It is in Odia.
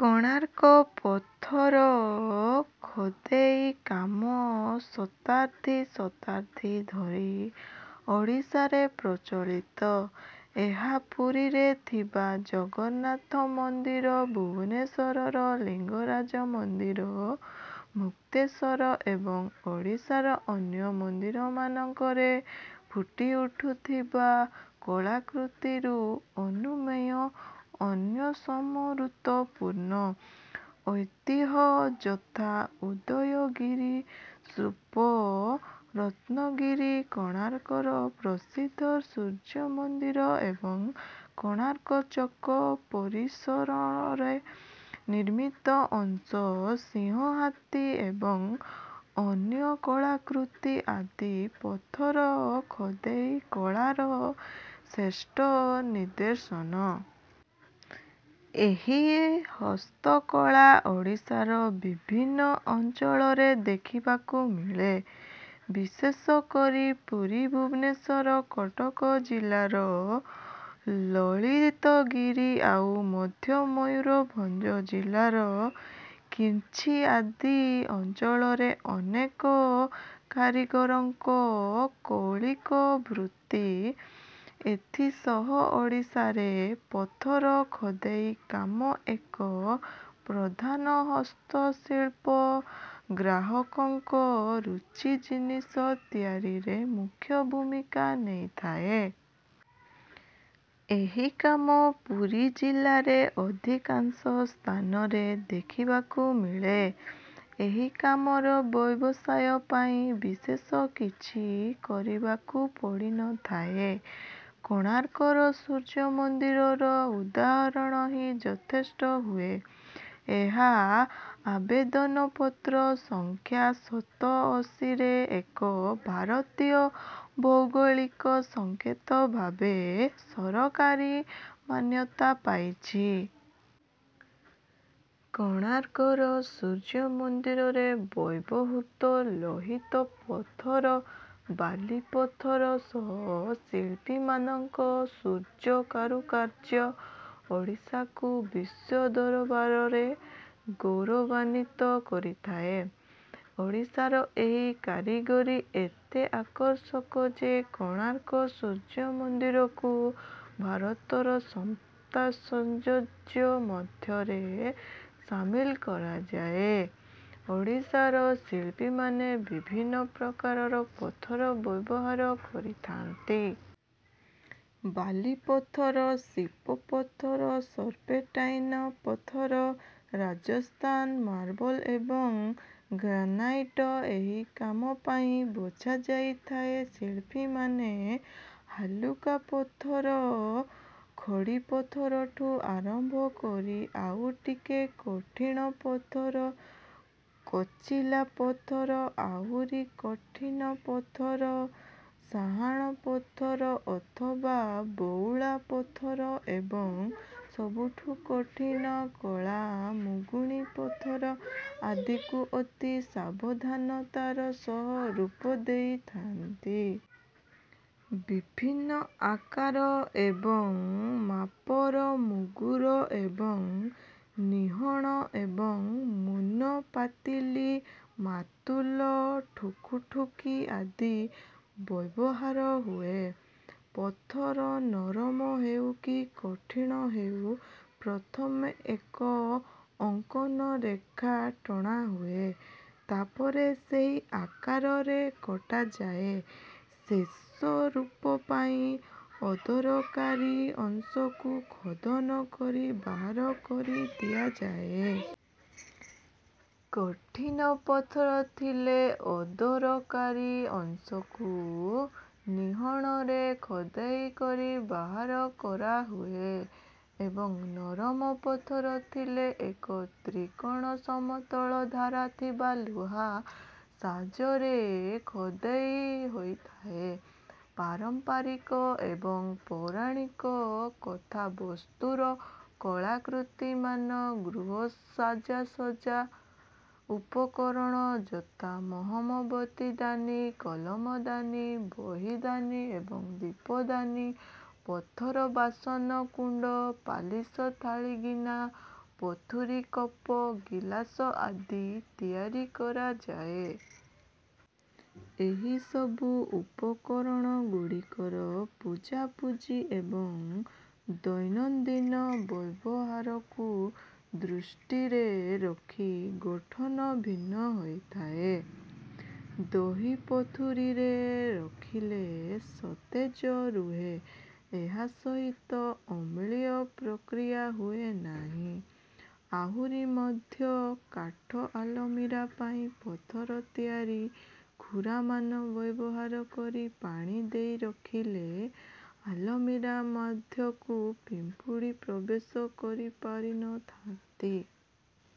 କୋଣାର୍କ ପଥର ଖୋଦେଇ କାମ ଶତାବ୍ଦୀ ଶତାବ୍ଦୀ ଧରି ଓଡ଼ିଶାରେ ପ୍ରଚଳିତ। ଏହା ପୁରୀରେ ଥିବା ଜଗନ୍ନାଥ ମନ୍ଦିର ଭୁବନେଶ୍ୱରର ଲିଙ୍ଗରାଜ ମନ୍ଦିର ମୁକ୍ତେଶ୍ୱର ଏବଂ ଓଡ଼ିଶାର ଅନ୍ୟ ମନ୍ଦିରମାନଙ୍କରେ ଫୁଟିଉଠୁଥିବା କଳାକୃତିରୁ ଅନୁମେୟ। ଅନ୍ୟ ମହତ୍ତ୍ୱପୂର୍ଣ୍ଣ ଐତିହ୍ୟ ଯଥା ଉଦୟଗିରି ସ୍ତୂପ ରତ୍ନଗିରି କୋଣାର୍କର ପ୍ରସିଦ୍ଧ ସୂର୍ଯ୍ୟମନ୍ଦିର ଏବଂ କୋଣାର୍କ ଚକ ପରିସରରେ ନିର୍ମିତ ଅଶ୍ୱ ସିଂହ ହାତୀ ଏବଂ ଅନ୍ୟ କଳାକୃତି ଆଦି ପଥର ଖୋଦେଇ କଳାର ଶ୍ରେଷ୍ଠ ନିଦର୍ଶନ। ଏହି ହସ୍ତକଳା ଓଡ଼ିଶାର ବିଭିନ୍ନ ଅଞ୍ଚଳରେ ଦେଖିବାକୁ ମିଳେ। ବିଶେଷକରି ପୁରୀ ଭୁବନେଶ୍ୱର କଟକ ଜିଲ୍ଲାର ଲଳିତଗିରି ଆଉ ମଧ୍ୟ ମୟୂରଭଞ୍ଜ ଜିଲ୍ଲାର ଖିଚିଂ ଆଦି ଅଞ୍ଚଳରେ ଅନେକ କାରିଗରଙ୍କ କୌଳିକ ବୃତ୍ତି। ଏଥିସହ ଓଡ଼ିଶାରେ ପଥର ଖୋଦେଇ କାମ ଏକ ପ୍ରଧାନ ହସ୍ତଶିଳ୍ପ। ଗ୍ରାହକଙ୍କ ରୁଚି ଜିନିଷ ତିଆରିରେ ମୁଖ୍ୟ ଭୂମିକା ନେଇଥାଏ। ଏହି କାମ ପୁରୀ ଜିଲ୍ଲାରେ ଅଧିକାଂଶ ସ୍ଥାନରେ ଦେଖିବାକୁ ମିଳେ। ଏହି କାମର ବ୍ୟବସାୟ ପାଇଁ ବିଶେଷ କିଛି କରିବାକୁ ପଡ଼ିନଥାଏ। କୋଣାର୍କର ସୂର୍ଯ୍ୟମନ୍ଦିରର ଉଦାହରଣ ହିଁ ଯଥେଷ୍ଟ ହୁଏ। ଏହା ଆବେଦନ ପତ୍ର ସଂଖ୍ୟା ସତଅଶୀରେ ଏକ ଭାରତୀୟ ଭୌଗୋଳିକ ସଂକେତ ଭାବେ ସରକାରୀ ମାନ୍ୟତା ପାଇଛି। କୋଣାର୍କର ସୂର୍ଯ୍ୟମନ୍ଦିରରେ ବ୍ୟବହୃତ ଲୋହିତ ପଥର ବାଲିପଥର ସହ ଶିଳ୍ପୀମାନଙ୍କ ସୂକ୍ଷ୍ମ କାରୁକାର୍ଯ୍ୟ ଓଡ଼ିଶାକୁ ବିଶ୍ୱ ଦରବାରରେ ଗୌରବାନ୍ୱିତ କରିଥାଏ। ଓଡ଼ିଶାର ଏହି କାରିଗରୀ ଏତେ ଆକର୍ଷକ ଯେ କୋଣାର୍କ ସୂର୍ଯ୍ୟମନ୍ଦିରକୁ ଭାରତର ସପ୍ତାଶ୍ଚର୍ଯ୍ୟ ମଧ୍ୟରେ ସାମିଲ କରାଯାଏ। ଓଡ଼ିଶାର ଶିଳ୍ପୀମାନେ ବିଭିନ୍ନ ପ୍ରକାରର ପଥର ବ୍ୟବହାର କରିଥାନ୍ତି। ବାଲିପଥର ସିପ ପଥର ସର୍ପେଣ୍ଟାଇନ ପଥର ରାଜସ୍ଥାନ ମାର୍ବଲ ଏବଂ ଗ୍ରାନାଇଟ ଏହି କାମ ପାଇଁ ବଛାଯାଇଥାଏ। ଶିଳ୍ପୀମାନେ ହାଲୁକା ପଥର ଖଡ଼ିପଥରଠୁ ଆରମ୍ଭ କରି ଆଉ ଟିକେ କଠିନ ପଥର କୋଚିଲା ପଥର ଆହୁରି କଠିନ ପଥର ସାହାଣ ପଥର ଅଥବା ବଉଳା ପଥର ଏବଂ ସବୁଠୁ କଠିନ କଳା ମୁଗୁନି ପଥର ଆଦିକୁ ଅତି ସାବଧାନତାର ସହ ରୂପ ଦେଇଥାନ୍ତି। ବିଭିନ୍ନ ଆକାର ଏବଂ ମାପର ମୁଗୁର ଏବଂ ନିହଣ ଏବଂ ମୁନ ପାତିଲି ମାର୍ତୁଲ ଠୁକୁ-ଠୁକି ଆଦି ବ୍ୟବହାର ହୁଏ। ପଥର ନରମ ହେଉ କି କଠିନ ହେଉ ପ୍ରଥମେ ଏକ ଅଙ୍କନ ରେଖା ଟଣାହୁଏ। ତାପରେ ସେହି ଆକାରରେ କଟାଯାଏ। ଶେଷ ରୂପ ପାଇଁ ଅଦରକାରୀ ଅଂଶକୁ ଖୋଦନ କରି ବାହାର କରିଦିଆଯାଏ। କଠିନ ପଥର ଥିଲେ ଅଦରକାରୀ ଅଂଶକୁ ନିହଣରେ ଖୋଦେଇ କରି ବାହାର କରାହୁଏ ଏବଂ ନରମ ପଥର ଥିଲେ ଏକ ତୀକ୍ଷ୍ଣ ସମତଳ ଧାର ଥିବା ଲୁହା ସାଜରେ ଖୋଦେଇ ହୋଇଥାଏ। ପାରମ୍ପରିକ ଏବଂ ପୌରାଣିକ କଥାବସ୍ତୁର କଳାକୃତିମାନ ଗୃହସାଜସଜ୍ଜା ଉପକରଣ ଯଥା ମହମବତୀ ଦାନି କଲମ ଦାନି ବହି ଦାନି ଏବଂ ଦୀପଦାନି ପଥର ବାସନ କୁଣ୍ଡ ପାଲିସ ଥାଳି ଗିନା ପଥୁରୀ କପ ଗିଲାସ ଆଦି ତିଆରି କରାଯାଏ। ଏହି ସବୁ ଉପକରଣଗୁଡ଼ିକର ପୂଜାପୂଜି ଏବଂ ଦୈନନ୍ଦିନ ବ୍ୟବହାରକୁ ଦୃଷ୍ଟିରେ ରଖି ଗଠନ ଭିନ୍ନ ହୋଇଥାଏ। ଦହି ପଥୁରୀରେ ରଖିଲେ ସତେଜ ରୁହେ ଏହା ସହିତ ଅମ୍ଳୀୟ ପ୍ରତିକ୍ରିୟା ହୁଏନାହିଁ। ଆହୁରି ମଧ୍ୟ କାଠ ଆଲମିରା ପାଇଁ ପଥର ତିଆରି ଖୁରାମାନ ବ୍ୟବହାର କରି ପାଣି ଦେଇ ରଖିଲେ ଆଲମିରା ମଧ୍ୟକୁ ପିମ୍ପୁଡ଼ି ପ୍ରବେଶ କରିପାରିନଥାନ୍ତି।